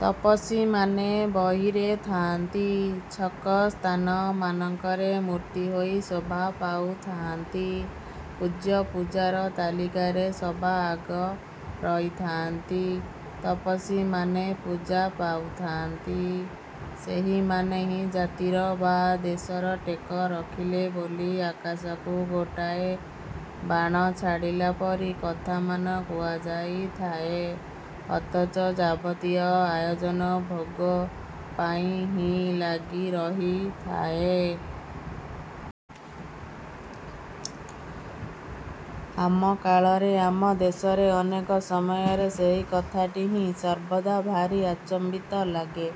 ତପସ୍ୱୀମାନେ ବହିରେ ଥାଆନ୍ତି, ଛକ ସ୍ଥାନମାନଙ୍କରେ ମୂର୍ତ୍ତି ହୋଇ ଶୋଭା ପାଉଥାଆନ୍ତି, ପୂଜ୍ୟ ପୂଜାର ତାଲିକାରେ ସବା ଆଗ ରହିଥାନ୍ତି। ତପସ୍ୱୀମାନେ ପୂଜା ପାଉଥାଆନ୍ତି, ସେହିମାନେ ହିଁ ଜାତିର ବା ଦେଶର ଟେକ ରଖିଲେ ବୋଲି ଆକାଶକୁ ଗୋଟାଏ ବାଣ ଛାଡ଼ିଲା ପରି କଥାମାନ କୁହାଯାଉଥାଏ ଅଥଚ ଯାବତୀୟ ଆୟୋଜନ ଭୋଗ ପାଇଁ ହିଁ ଲାଗି ରହିଥାଏ। ଆମ କାଳରେ, ଆମ ଦେଶରେ ଅନେକ ସମୟରେ ସେହି କଥାଟି ହିଁ ସର୍ବଦା ଭାରି ଆଚମ୍ବିତ ଲାଗେ।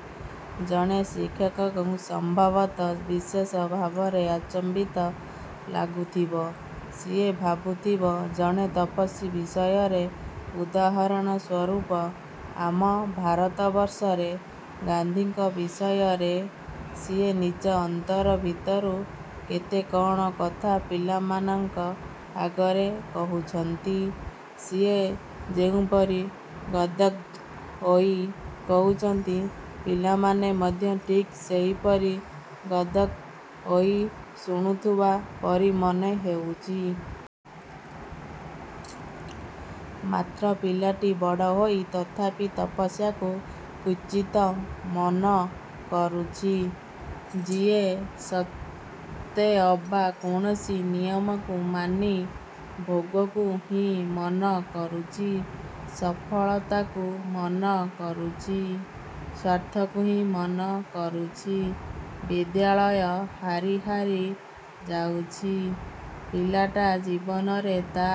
ଜଣେ ଶିକ୍ଷକକୁ ସମ୍ଭବତଃ ବିଶେଷ ଭାବରେ ଆଚମ୍ବିତ ଲାଗୁଥିବ। ସିଏ ଭାବୁଥିବ, ଜଣେ ତପସ୍ୱୀ ବିଷୟରେ ଉଦାହରଣ ସ୍ଵରୂପ ଆମ ଭାରତବର୍ଷରେ ଗାନ୍ଧୀଙ୍କ ବିଷୟରେ ସିଏ ନିଜ ଅନ୍ତର ଭିତରୁ କେତେ କଣ କଥା ପିଲାମାନଙ୍କ ଆଗରେ କହୁଛନ୍ତି, ସିଏ ଯେଉଁପରି ଗଦ୍ଗଦ୍ ହୋଇ କହୁଛନ୍ତି ପିଲାମାନେ ମଧ୍ୟ ଠିକ୍ ସେହିପରି ଗଦ୍ଗଦ୍ ହୋଇ ଶୁଣୁଥିବା ପରି ମନେହେଉଛି। ମାତ୍ର ପିଲାଟି ବଡ଼ ହୋଇ ତଥାପି ତପସ୍ୟାକୁ କ୍ଵଚିତ ମନ କରୁଛି, ଯିଏ ସତେଅବା କୌଣସି ନିୟମକୁ ମାନି ଭୋଗକୁ ହିଁ ମନ କରୁଛି, ସଫଳତାକୁ ମନ କରୁଛି, ସ୍ୱାର୍ଥକୁ ହିଁ ମନ କରୁଛି। ବିଦ୍ୟାଳୟ ହାରି ହାରି ଯାଉଛି, ପିଲାଟା ଜୀବନରେ ତା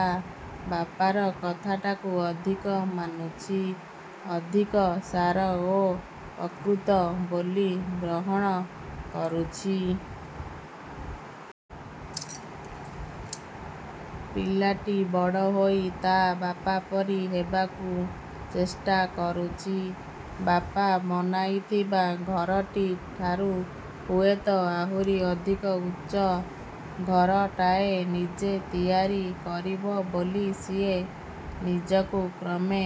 ବାପାର କଥାଟାକୁ ଅଧିକ ମାନୁଛି, ଅଧିକ ସାର ଓ ପ୍ରକୃତ ବୋଲି ଗ୍ରହଣ କରୁଛି। ପିଲାଟି ବଡ଼ ହୋଇ ତା ବାପା ପରି ହେବାକୁ ଚେଷ୍ଟା କରୁଛି। ବାପା ବନାଇଥିବା ଘରଟି ଠାରୁ ହୁଏତ ଆହୁରି ଅଧିକ ଉଚ୍ଚ ଘରଟାଏ ନିଜେ ତିଆରି କରିବ ବୋଲି ସିଏ ନିଜକୁ କ୍ରମେ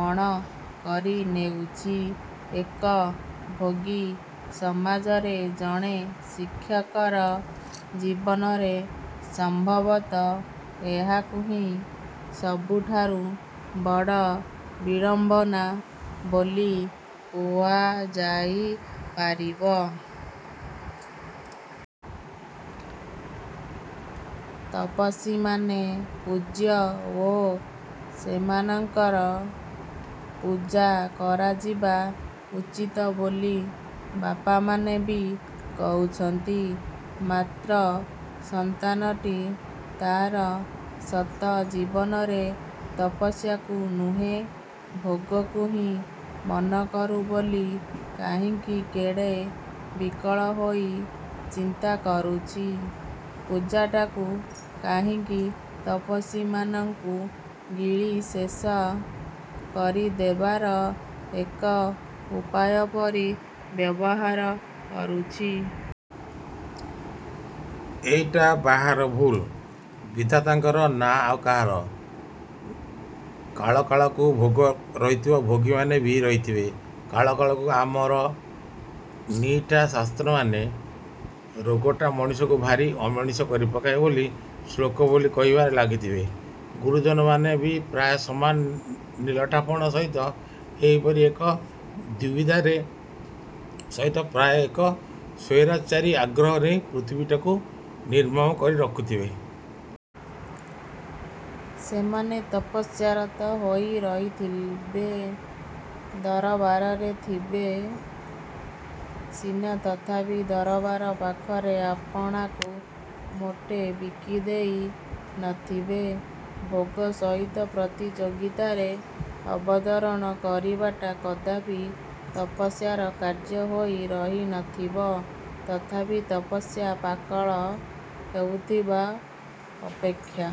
ମଣ କରି ନେଉଛି। ଏକ ଭୋଗୀ ସମାଜରେ ଜଣେ ଶିକ୍ଷକର ଜୀବନରେ ସମ୍ଭବତଃ ଏହାକୁ ହିଁ ସବୁଠାରୁ ବଡ଼ ବିଡ଼ମ୍ବନା ବୋଲି କୁହାଯାଇ ପାରିବ। ତପସ୍ୱୀମାନେ ପୂଜ୍ୟ ଓ ସେମାନଙ୍କର ପୂଜା କରାଯିବା ଉଚିତ ବୋଲି ବାପାମାନେ ବି କହୁଛନ୍ତି। ମାତ୍ର ସନ୍ତାନଟି ତାର ସତ ଜୀବନରେ ତପସ୍ୟାକୁ ନୁହେଁ, ଭୋଗକୁ ହିଁ ମନକରୁ ବୋଲି କାହିଁକି କେଡ଼େ ବିକଳ ହୋଇ ଚିନ୍ତା କରୁଛି? ପୂଜାଟାକୁ କାହିଁକି ତପସ୍ୱୀମାନଙ୍କୁ ଗିଳି ଶେଷ କରିଦେବାର ଏକ ଉପାୟ ପରି ବ୍ୟବହାର କରୁଛି? ଏଇଟା ବାହାର ଭୁଲ, ବିଧାତାଙ୍କର ନା ଆଉ କାହାର? କାଳକାଳକୁ ଭୋଗ ରହିଥିବ, ଭୋଗୀମାନେ ବି ରହିଥିବେ। କାଳକାଳକୁ ଆମର ନିଇଠା ଶାସ୍ତ୍ରମାନେ ଭୋଗଟା ମଣିଷକୁ ଭାରି ଅମଣିଷ କରିପକାଏ ବୋଲି ଶ୍ଳୋକ ବୋଲି କହିବାରେ ଲାଗିଥିବେ। ଗୁରୁଜନମାନେ ବି ପ୍ରାୟ ସମାନ ନିଲଠାପଣ ସହିତ ଏହିପରି ଏକ ଦ୍ୱିବିଧାଚାର ସହିତ ପ୍ରାୟ ଏକ ସ୍ୱୈରାଚାରୀ ଆଗ୍ରହ ନେଇ ପୃଥିବୀଟାକୁ ନିର୍ମମ କରି ରଖିଥିବେ। ସେମାନେ ତପସ୍ୟାରତ ହୋଇ ରହିଥିବେ। ଦରବାରରେ ଥିବେ ସିନା ତଥାପି ଦରବାର ପାଖରେ ଆପଣାକୁ ମୋଟେ ବିକିଦେଇ ନଥିବେ। ଭୋଗ ସହିତ ପ୍ରତିଯୋଗିତାରେ ଅବତରଣ କରିବାଟା କଦାପି ତପସ୍ୟାର କାର୍ଯ୍ୟ ହୋଇ ରହିନଥିବ। ତଥାପି ତପସ୍ୟା ପାକଳ ହେଉଥିବା ଅପେକ୍ଷା